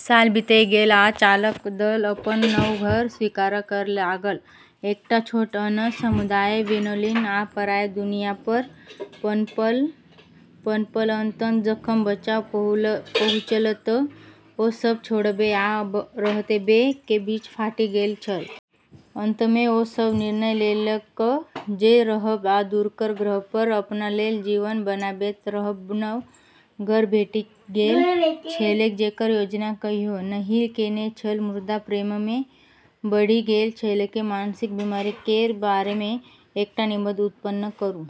साल बीतैत गेल आ चालक दल अपन नव घर स्वीकार करै लगल। एकटा छोट सन समुदाय बनौलनि आ पराया दुनियापर पनपल। अंततः जखन बचाव पहुँचल तऽ ओ सब छोड़बै आ रहबै के बीच फाटि गेल छल। अंतमे ओ सब निर्णय लेलक जे रहब आ दूरक ग्रहपर अपना लेल जीवन बनाबैत रहब। नव घर भेटि गेल छलैक, जकर योजना कहियो नहि केने छल मुदा प्रेममे बढ़ि गेल छलैक। मानसिक बीमारी केर बारेमे एकटा निबंध उत्पन्न करू।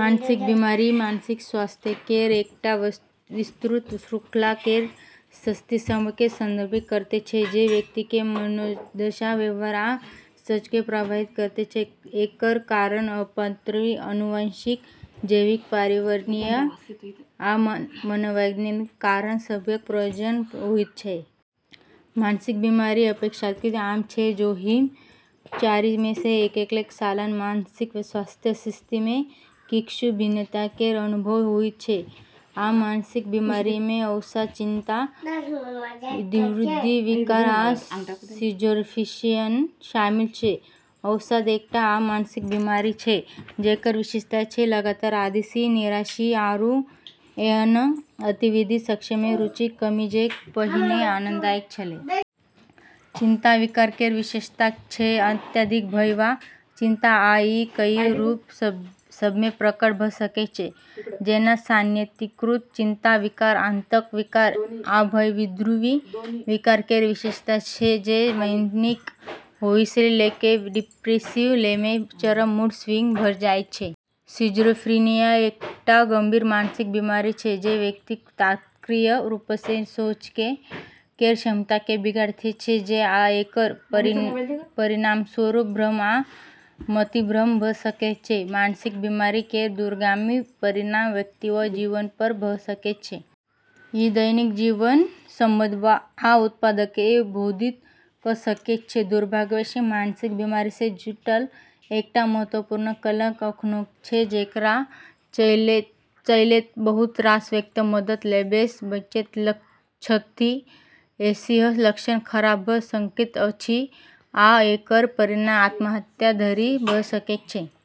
मानसिक बीमारी मानसिक स्वास्थ्य केर एकटा विस्तृत श्रृंखला केर स्थितिसभकेँ संदर्भित करैत छै जे व्यक्तिक मनोदशा, व्यवहार आ सोचकेँ प्रभावित करैत छै। एकर कारण आमतौरपर आनुवंशिक, जैविक, पर्यावरणीय आ मनोवैज्ञानिक कारक सभक संयोजन होइत छै। मानसिक बीमारी अपेक्षाकृत आम छै, जाहिमे चारिमेसँ एककेँ सालाना मानसिक स्वास्थ्य स्थितिमे किछु भिन्नता केर अनुभव होइत छै। आम मानसिक बीमारीमे अवसाद, चिंता, द्विध्रुवी विकार, आ सिजोफ्रेनिया शामिल छै। अवसाद एकटा आम मानसिक बीमारी छै जेकर विशेषता छै लगातार उदासी, निराशा, आरू एहन गतिविधि सभमे रुचिक कमी जे पहिने आनंददायक छलै। चिंता विकार केर विशेषता छै अत्यधिक भय वा चिंता आ ई कई रूप सभमे प्रकट भऽ सकैत छै जेना सामान्यीकृत चिंता विकार, आतंक विकार, आ भय। द्विध्रुवी विकार केर विशेषता छै जे मैनिक हाईसँ लऽ कऽ डिप्रेसिव लोमे चरम मूड स्विंग भऽ जाइत छै। सिजोफ्रेनिया एकटा गंभीर मानसिक बीमारी छै जे व्यक्तिक तार्किक रूपसँ सोचै केर क्षमताकेँ बिगाड़ैत छै आ एकर परिणामस्वरूप भ्रम आ मतिभ्रम भऽ सकैत छै। मानसिक बीमारी केर दूरगामी परिणाम व्यक्तिक जीवनपर भऽ सकैत छै। ई दैनिक जीवन, संबंध, आ उत्पादकताकेँ बाधित कऽ सकैत छै। दुर्भाग्यवश, मानसिक बीमारीसँ जुड़ल एकटा महत्वपूर्ण कलंक अखनो छै, जेकरा चलैत बहुत रास व्यक्ति मदद लेबैसँ बचैत छथि। एहिसँ लक्षण खराब भऽ सकैत अछि आ एकर परिणाम आत्महत्या धरि भऽ सकैत अछि।